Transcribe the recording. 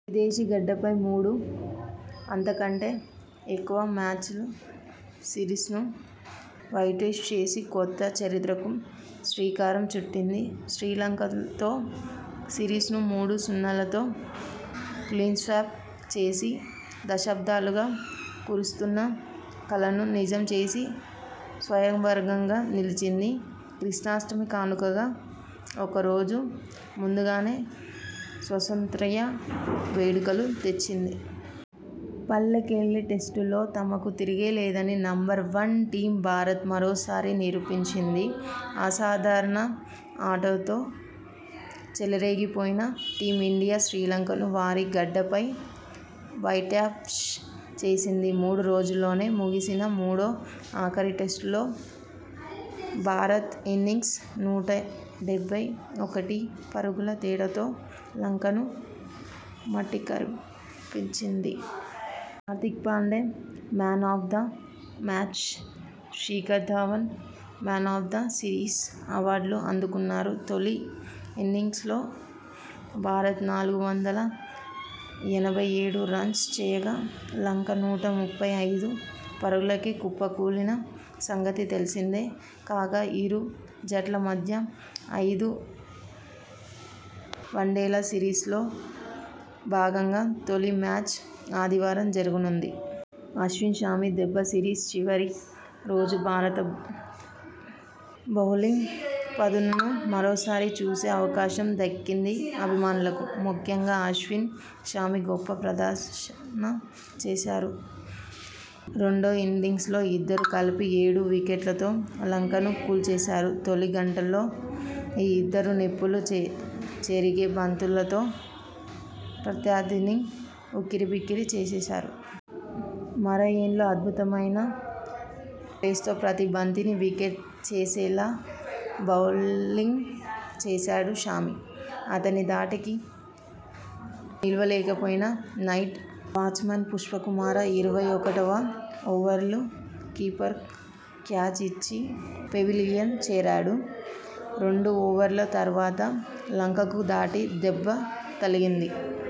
విదేశీ గడ్డపై మూడు అంతకంటే ఎక్కువ మ్యాచ్ల సిరీస్ను వైట్వాష్ చేసి కొత్త చరిత్రకు శ్రీకారం చుట్టింది.! శ్రీలంకతో సిరీస్ను మూడు సున్నాతో క్లీన్స్వీప్ చేసి దశాబ్దాలుగా ఊరిస్తున్న కలను నిజం చేసి సగర్వంగా నిలిచింది.! కృష్ణాష్టమి కానుకగా ఒక రోజు ముందుగానే స్వాతంత్య్ర వేడుకలు తెచ్చింది.! పల్లెకెలె టెస్టుల్లో తమకు తిరుగేలేదని నెంబర్ వన్ టీమ్ భారత్ మరోసారి నిరూపించింది. అసాధారణ ఆటతో చెలరేగిపోయిన టీమిండియా శ్రీలంకను వారి గడ్డపై వైట్వాష్ చేసింది. మూడు రోజుల్లోనే ముగిసిన మూడో, ఆఖరి టెస్టులో భారత్ ఇన్నింగ్స్ నూట డెబ్బై ఒకటి పరుగుల తేడాతో లంకను మట్టికరిపించింది. Hardik Pandya 'man of the match', Shikhar Dhawan 'man of the series' అవార్డులు అందుకున్నారు. తొలి ఇన్నింగ్స్లో భారత్ నాలుగు వందల ఎనభై ఏడు రన్స్ చేయగా, లంక నూట ముప్పై ఐదు పరుగులకే కుప్పకూలిన సంగతి తెలిసిందే. కాగా, ఇరు జట్ల మధ్య ఐదు వన్డేల సిరీస్లో భాగంగా తొలి మ్యాచ్ ఆదివారం జరగనుంది. అశ్విన్, షమి దెబ్బ సిరీస్ చివరి రోజు భారత బౌలింగ్ పదునును మరోసారి చూసే అవకాశం దక్కింది అభిమానులకు. ముఖ్యంగా అశ్విన్, షమి గొప్ప ప్రదర్శన చేశారు. రెండో ఇన్నింగ్స్లో ఇద్దరూ కలిపి ఏడు వికెట్లతో లంకను కూల్చేశారు. తొలి గంటలో ఈ ఇద్దరు నిప్పులు చెరిగే బంతు లతో ప్రత్యర్థిని ఉక్కిరి బిక్కిరి చేసేశారు. మరో ఎండ్లో అద్భుతమైన పేస్తో ప్రతీ బంతికి వికెట్ చేసేలా బౌలింగ్ చేశాడు షమి. అతని ధాటికి నిలువ లేకపోయిన నైట్ వాచ్మన్ పుష్పకుమార ఇరవై ఒకటివ ఓవర్లో కీపర్కు క్యాచ్ ఇచ్చి పెవిలియన్ చేరాడు. రెండు ఓవర్ల తర్వాత లంకకు గట్టి దెబ్బ తగిలింది.